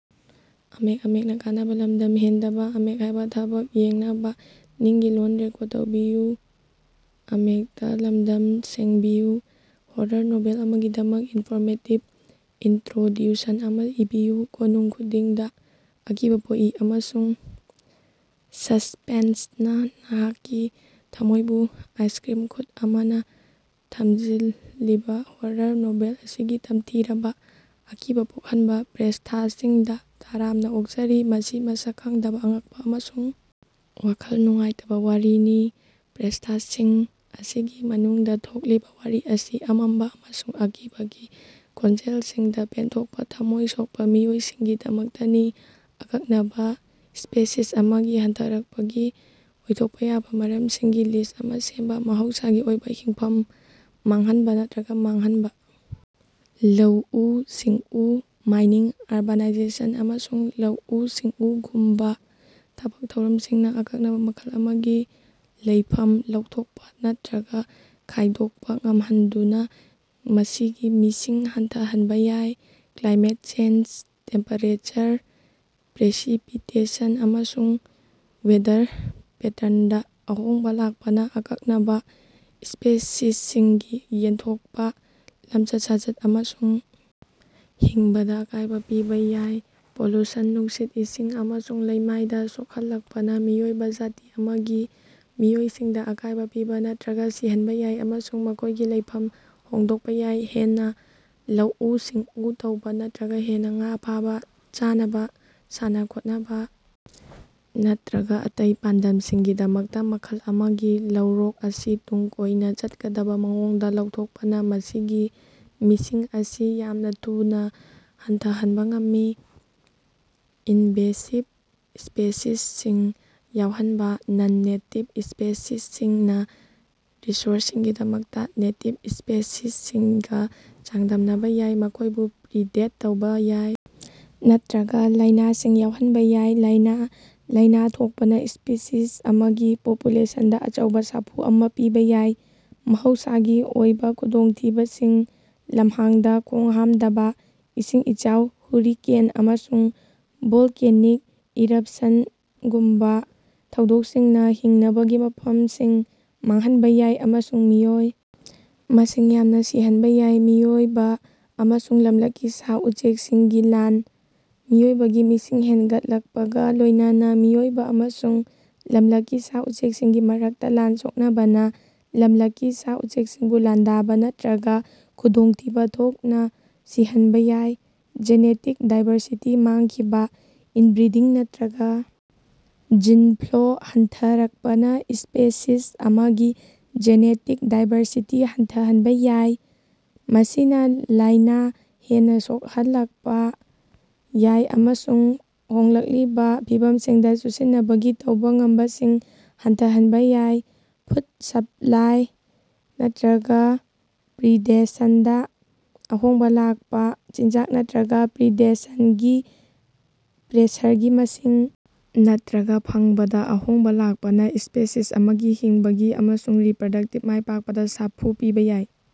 Horror novel ꯑꯃꯒꯤꯗꯃꯛ informative introduction ꯑꯃ ꯏꯕꯤꯌꯨ꯫ ꯀꯣꯅꯨꯡ ꯈꯨꯗꯤꯡꯗ ꯑꯀꯤꯕ ꯄꯣꯛꯏ ꯑꯃꯁꯨꯡ ꯁꯁ꯭ꯄꯦꯟꯁꯅ ꯅꯍꯥꯛꯀꯤ ꯊꯝꯃꯣꯏꯕꯨ ꯑꯥꯏꯁꯀ꯭ꯔꯤꯝ ꯈꯨꯠ ꯑꯃꯅ ꯊꯝꯖꯤꯜꯂꯤꯕ ꯍꯣꯔꯔ ꯅꯣꯚꯦꯜ ꯑꯁꯤꯒꯤ ꯇꯝꯊꯤꯔꯕꯥ ꯑꯀꯤꯕ ꯄꯣꯛꯍꯟꯕ ꯄ꯭ꯔ꯭ꯏꯁ꯭ꯊꯥꯁꯤꯡꯗꯥ ꯇꯔꯥꯝꯅꯥ ꯑꯣꯛꯆꯔꯤ꯫ ꯃꯁꯤ ꯃꯁꯛ ꯈꯪꯗꯕ ꯑꯉꯛꯄ ꯑꯃꯁꯨꯡ ꯋꯥꯈꯜ ꯅꯨꯡꯉꯥꯏꯇꯕ ꯋꯥꯔꯤꯅꯤ꯫ ꯄ꯭ꯔ꯭ꯏꯁ꯭ꯊꯥꯁꯤꯡ ꯑꯁꯤꯒꯤ ꯃꯅꯨꯡꯗ ꯊꯣꯛꯂꯤꯕ ꯋꯥꯔꯤ ꯑꯁꯤ ꯑꯃꯝꯕ ꯑꯃꯁꯨꯡ ꯑꯀꯤꯕꯒꯤ ꯈꯣꯟꯖꯦꯜꯁꯤꯡꯗ ꯄꯦꯟꯊꯣꯛꯄ ꯊꯝꯃꯣꯏ ꯁꯣꯛꯄ ꯃꯤꯑꯣꯏꯁꯤꯡꯒꯤꯗꯃꯛꯇꯅꯤ꯫ ꯑꯀꯛꯅꯕꯥ ꯁ꯭ꯄꯦꯁꯤꯁ ꯑꯃꯒꯤ ꯍꯟꯊꯔꯛꯄꯒꯤ ꯑꯣꯏꯊꯣꯛꯄ ꯌꯥꯕ ꯃꯔꯝꯁꯤꯡꯒꯤ ꯂꯤꯁ꯭ꯠ ꯑꯃ ꯁꯦꯝꯕ꯫ ꯃꯍꯧꯁꯥꯒꯤ ꯑꯣꯏꯕ ꯍꯤꯡꯐꯝ ꯃꯥꯡꯍꯟꯕ ꯅꯠꯇ꯭ꯔꯒ ꯃꯥꯡꯍꯟꯕ: ꯂꯧꯎ-ꯁꯤꯡꯎ, ꯃꯥꯏꯅꯤꯡ, ꯑꯔꯕꯥꯅꯥꯏꯖꯦꯁꯟ, ꯑꯃꯁꯨꯡ ꯂꯧꯎ-ꯁꯤꯡꯎꯒꯨꯝꯕ ꯊꯕꯛ ꯊꯧꯔꯝꯁꯤꯡꯅ ꯑꯀꯛꯅꯕ ꯃꯈꯜ ꯑꯃꯒꯤ ꯂꯩꯐꯝ ꯂꯧꯊꯣꯛꯄ ꯅꯠꯇ꯭ꯔꯒ ꯈꯥꯏꯗꯣꯛꯄ ꯉꯝꯍꯟꯗꯨꯅ ꯃꯁꯤꯒꯤ ꯃꯤꯁꯤꯡ ꯍꯟꯊꯍꯟꯕ ꯌꯥꯏ꯫ ꯀ꯭ꯂꯥꯏꯃꯦꯠ ꯆꯦꯟꯖ: ꯇꯦꯝꯄꯦꯔꯦꯆꯔ, ꯄ꯭ꯔꯦꯁꯤꯄꯤꯇꯦꯁꯟ ꯑꯃꯁꯨꯡ ꯋꯦꯗꯔ ꯄꯦꯇꯔꯟꯗ ꯑꯍꯣꯡꯕ ꯂꯥꯛꯄꯅ ꯑꯀꯛꯅꯕ ꯁ꯭ꯄꯦꯁꯤꯁꯁꯤꯡꯒꯤ ꯌꯦꯟꯊꯣꯛꯄ, ꯂꯝꯆꯠ-ꯁꯥꯖꯠ ꯑꯃꯁꯨꯡ ꯍꯤꯡꯕꯗ ꯑꯀꯥꯏꯕ ꯄꯤꯕ ꯌꯥꯏ꯫ ꯄꯣꯂꯨꯁꯟ: ꯅꯨꯡꯁꯤꯠ, ꯏꯁꯤꯡ ꯑꯃꯁꯨꯡ ꯂꯩꯃꯥꯏꯗ ꯁꯣꯛꯍꯜꯂꯛꯄꯅ ꯃꯤꯑꯣꯏꯕ ꯖꯥꯇꯤ ꯑꯃꯒꯤ ꯃꯤꯑꯣꯏꯁꯤꯡꯗ ꯑꯀꯥꯏꯕ ꯄꯤꯕ ꯅꯠꯇ꯭ꯔꯒ ꯁꯤꯍꯟꯕ ꯌꯥꯏ ꯑꯃꯁꯨꯡ ꯃꯈꯣꯏꯒꯤ ꯂꯩꯐꯝ ꯍꯣꯡꯗꯣꯛꯄ ꯌꯥꯏ꯫ ꯍꯦꯟꯅ ꯂꯧꯎ-ꯁꯤꯡꯎ ꯇꯧꯕ ꯅꯠꯇ꯭ꯔꯒ ꯍꯦꯟꯅ ꯉꯥ ꯐꯥꯕ: ꯆꯥꯅꯕ, ꯁꯥꯟꯅ-ꯈꯣꯠꯅꯕ ꯅꯠꯇ꯭ꯔꯒ ꯑꯇꯩ ꯄꯥꯟꯗꯝꯁꯤꯡꯒꯤꯗꯃꯛꯇ ꯃꯈꯜ ꯑꯃꯒꯤ ꯂꯧꯔꯣꯛ ꯑꯁꯤ ꯇꯨꯡ ꯀꯣꯏꯅ ꯆꯠꯀꯗꯕ ꯃꯑꯣꯡꯗ ꯂꯧꯊꯣꯛꯄꯅ ꯃꯁꯤꯒꯤ ꯃꯤꯁꯤꯡ ꯑꯁꯤ ꯌꯥꯝꯅ ꯊꯨꯅ ꯍꯟꯊꯍꯟꯕ ꯉꯝꯃꯤ꯫ ꯏꯅꯚꯦꯁꯤꯕ ꯁ꯭ꯄꯦꯁꯤꯁꯁꯤꯡ ꯌꯥꯎꯍꯟꯕ: ꯅꯟ-ꯅꯦꯇꯤꯕ ꯁ꯭ꯄꯦꯁꯤꯁꯁꯤꯡꯅ ꯔꯤꯁꯣꯔꯁꯁꯤꯡꯒꯤꯗꯃꯛꯇ ꯅꯦꯇꯤꯕ ꯁ꯭ꯄꯦꯁꯤꯁꯁꯤꯡꯒ ꯆꯥꯡꯗꯝꯅꯕ ꯌꯥꯏ,꯫ ꯃꯈꯣꯏꯕꯨ ꯄ꯭ꯔꯤꯗꯦꯠ ꯇꯧꯕ ꯌꯥꯏ ꯅꯠꯇ꯭ꯔꯒ ꯂꯥꯏꯅꯥꯁꯤꯡ ꯌꯥꯎꯍꯟꯕ ꯌꯥꯏ꯫ ꯂꯥꯏꯅꯥ: ꯂꯥꯏꯅꯥ ꯊꯣꯛꯄꯅ ꯁ꯭ꯄꯤꯁꯤꯁ ꯑꯃꯒꯤ ꯄꯣꯄꯨꯂꯦꯁꯟꯗ ꯑꯆꯧꯕ ꯁꯥꯐꯨ ꯑꯃ ꯄꯤꯕ ꯌꯥꯏ꯫ ꯃꯍꯧꯁꯥꯒꯤ ꯑꯣꯏꯕ ꯈꯨꯗꯣꯡꯊꯤꯕꯁꯤꯡ: ꯂꯝꯍꯥꯡꯗ ꯈꯣꯡꯍꯥꯝꯗꯕ, ꯏꯁꯤꯡ ꯏꯆꯥꯎ, ꯍꯨꯔꯤꯀꯦꯟ, ꯑꯃꯁꯨꯡ ꯚꯣꯂꯀꯦꯅꯤꯛ ꯏꯔꯄꯁꯅꯒꯨꯝꯕꯥ ꯊꯧꯗꯣꯛꯁꯤꯡꯅ ꯍꯤꯡꯅꯕꯒꯤ ꯃꯐꯝꯁꯤꯡ ꯃꯥꯡꯍꯟꯕ ꯌꯥꯏ ꯑꯃꯁꯨꯡ ꯃꯤꯑꯣꯏ ꯃꯁꯤꯡ ꯌꯥꯝꯅ ꯁꯤꯍꯟꯕ ꯌꯥꯏ꯫ ꯃꯤꯑꯣꯏꯕ ꯑꯃꯁꯨꯡ ꯂꯝꯂꯛꯀꯤ ꯁꯥ-ꯎꯆꯦꯀꯁꯤꯡꯒꯤ ꯂꯥꯟ: ꯃꯤꯑꯣꯏꯕꯒꯤ ꯃꯤꯁꯤꯡ ꯍꯦꯅꯒꯠꯂꯛꯄꯒ ꯂꯣꯏꯅꯅ ꯃꯤꯑꯣꯏꯕ ꯑꯃꯁꯨꯡ ꯂꯝꯂꯛꯀꯤ ꯁꯥ-ꯎꯆꯦꯀꯁꯤꯡꯒꯤ ꯃꯔꯛꯇ ꯂꯥꯟ ꯁꯣꯛꯅꯕꯅ ꯂꯝꯂꯛꯀꯤ ꯁꯥ-ꯎꯆꯦꯛꯁꯤꯡꯕꯨ ꯂꯥꯟꯗꯥꯕ ꯅꯠꯇ꯭ꯔꯒ ꯈꯨꯗꯣꯡꯊꯤꯕ ꯊꯣꯛꯅ ꯁꯤꯍꯟꯕ ꯌꯥꯏ꯫ ꯖꯦꯅꯦꯇꯤꯛ ꯗꯥꯏꯕꯔꯁꯤꯇꯤ ꯃꯥꯡꯈꯤꯕꯥ: ꯏꯅꯕ꯭ꯔꯤꯗꯤꯡ ꯅꯠꯇ꯭ꯔꯒ ꯖꯤꯟ ꯐ꯭ꯂꯣ ꯍꯟꯊꯔꯛꯄꯅꯥ ꯁ꯭ꯄꯦꯁꯤꯁ ꯑꯃꯒꯤ ꯖꯦꯅꯦꯇꯤꯛ ꯗꯥꯏꯕꯔꯁꯤꯇꯤ ꯍꯟꯊꯍꯟꯕ ꯌꯥꯏ꯫ ꯃꯁꯤꯅ ꯂꯥꯏꯅ ꯍꯦꯟꯅ ꯁꯣꯛꯍꯟꯂꯛꯄ ꯌꯥꯏ ꯑꯃꯁꯨꯡ ꯍꯣꯡꯂꯛꯂꯤꯕ ꯐꯤꯚꯝꯁꯤꯡꯗ ꯆꯨꯁꯤꯟꯅꯕꯒꯤ ꯇꯧꯕ ꯉꯝꯕꯁꯤꯡ ꯍꯟꯊꯍꯟꯕ ꯌꯥꯏ꯫ ꯐꯨꯗ ꯁꯞꯂꯥꯏ ꯅꯠꯇ꯭ꯔꯒ ꯄ꯭ꯔꯤꯗꯦꯁꯟꯗ ꯑꯍꯣꯡꯕ ꯂꯥꯛꯄ: ꯆꯤꯟꯖꯥꯛ ꯅꯠꯇ꯭ꯔꯒ ꯄ꯭ꯔꯤꯗꯦꯁꯟꯒꯤ ꯄ꯭ꯔꯦꯁꯔꯒꯤ ꯃꯁꯤꯡ ꯅꯠꯇ꯭ꯔꯒ ꯐꯪꯕꯗ ꯑꯍꯣꯡꯕ ꯂꯥꯛꯄꯅ ꯁ꯭ꯄꯦꯁꯤꯁ ꯑꯃꯒꯤ ꯍꯤꯡꯕꯒꯤ ꯑꯃꯁꯨꯡ ꯔꯤꯞꯔꯗꯛꯇꯤꯚ ꯃꯥꯏꯄꯥꯛꯄꯗ ꯁꯥꯐꯨ ꯄꯤꯕ ꯌꯥꯏ꯫